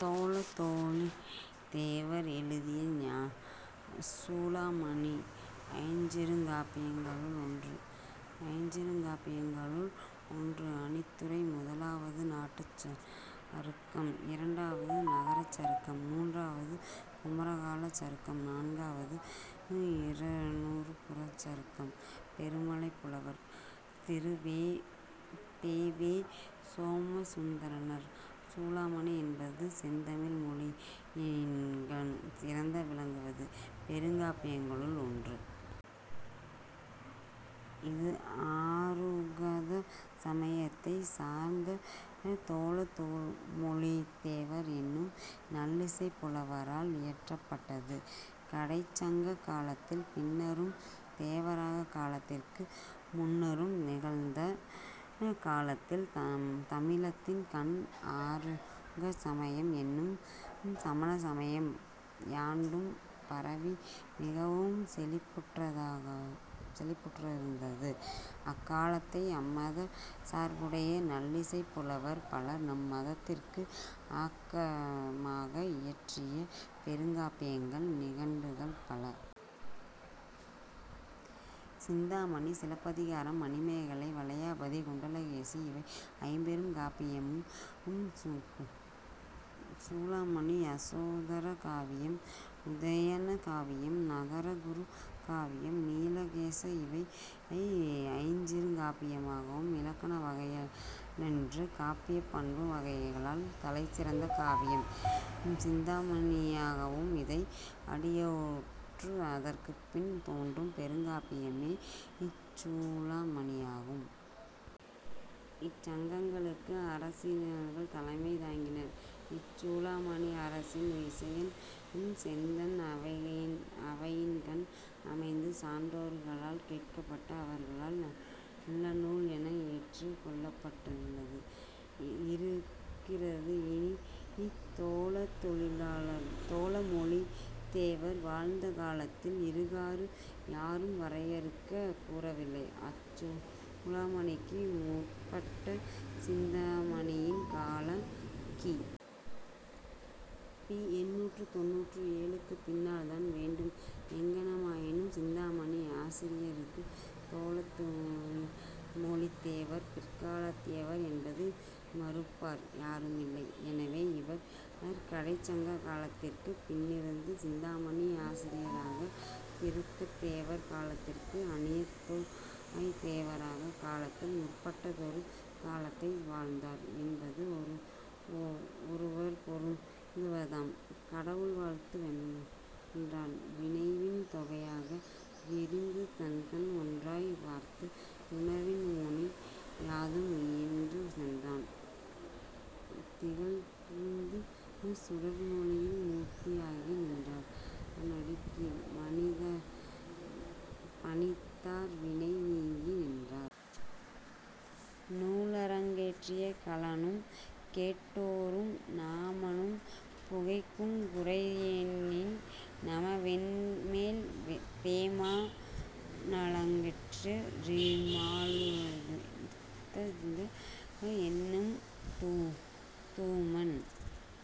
தோலாமொழித் தேவர் எழுதிய சூளாமணி ஐஞ்சிறுகாப்பியங்களுள் ஒன்று ஐஞ்சிறுகாப்பியங்களுள் ஒன்று அணிந்துரை முதலாவது நாட்டுச் சருக்கம் இரண்டாவது நகரச் சருக்கம் மூன்றாவது குமரகாலச் சருக்கம் நான்காவது இரதநூபுரச் சருக்கம் பெருமழைப் புலவர் திரு. பெ. வே. சோமசுந்தரனர் சூளாமணி என்பது செந்தமிழ் மொழியின்கண் சிறந்த விளங்கும் பெருங்காப்பியங்களுள் ஒன்று. இது ஆருகத சமயத்தைச் சார்ந்த தோலாமொழித்தேவர் என்னும் நல்லிசைப் புலவரால் இயற்றப்பட்டது. கடைச்சங்க காலத்திற்குப் பின்னரும் தேவாரக் காலத்திற்கு முன்னரும் நிகழ்ந்த காலத்தில் நம் தமிழகத்தின் கண் ஆருகத சமயம் என்னும் சமண சமயம் யாண்டும் பரவி மிகவும் செழிப்புற்றிருந்தது. அக்காலத்தே அம்மதச் சார்புடைய நல்லிசைப் புலவர் பலர் அம் மதத்திற்கு ஆக்கமாக இயற்றிய பெருங்காப்பியங்கள் நிகண்டுகள் பல. சிந்தாமணி சிலப்பதிகாரம், மணிமேகலை, வளையாபதி, குண்டலகேசி இவை ஐம்பெருங்காப்பியமாம். சூளாமணி, யசோதர காவியம் உதயண காவியம் நகர காவியம் நீலகேசி இவை ஐஞ்சிறுகாப்பியமாம். இலக்கண வகையாலன்றிக் காப்பியப் பண்பு வகையாலும் தலை சிறந்த காவியம் சிந்தாமணியாகும். இதை அடியொற்றி அதற்குப் பின் தோன்றிய பெருங்காப்பியமே இச் சூளாமணியாகும். இச் சங்கங்களுக்கு அரசர்கள் தலைமை தாங்கினர். இச் சூளாமணி அரசன் விசயன் சேந்தன் அவையின்கண் அமைந்த சான்றோர்களால் கேட்கப்பட்டு அவர்களால் நல்லநூல் என ஏற்றுக் கொள்ளப்பட்டும் இருக்கிறது. இனி தோலாமொழித்தேவர் வாழ்ந்த காலத்தை இதுகாறும் யாரும் வரையறுத்துக் கூறவில்லை. அச் சூளாமணிக்கு முற்பட்ட சிந்தாமணியின் காலம் கி. பி. எண்ணூற்றுத் தொண்ணூற்று ஏழுக்குப் பின்னாதல் வேண்டும். எங்ஙனமாயினும் சிந்தாமணி ஆசிரியருக்குத் தோலாமொழித் தேவர் பிற்காலத்தவர் என்பதை மறுப்பார் யாருமில்லை. எனவே இவர் கடைச்சங்ககால்த்திற்குப் பின்னிருந்த சிந்தாமணி ஆசிரியராகிய திருத்தக்கதேவர் காலத்திற்கு அணித்தாய்த் தேவாரக் காலத்திற்கு முற்பட்டதொரு காலத்தே வாழ்ந்தவர் என்பது ஒருவாறு பொருந்துவதாம். கடவுள் வாழ்த்து வென்றான் வினையின் தொகையாய விரிந்து தன்கண் ஒன்றாய்ப் பரந்த உணர்வின்னொழி யாது முற்றும் சென்றான் திகழுஞ் சுடர்சூழொளி மூர்த்தி யாகி நின்றா னடிக்கீழ் பணிந்தார் வினை நீங்கி நின்றார். நூலரங்கேற்றிய களனும் கேட்டோரும் நாமாண் புரைக்குங் குறையென்னிது நம வென்வேல் தேமா ணலங்கற் றிருமால்நெடுஞ் சேந்த னென்னும் தூமாண்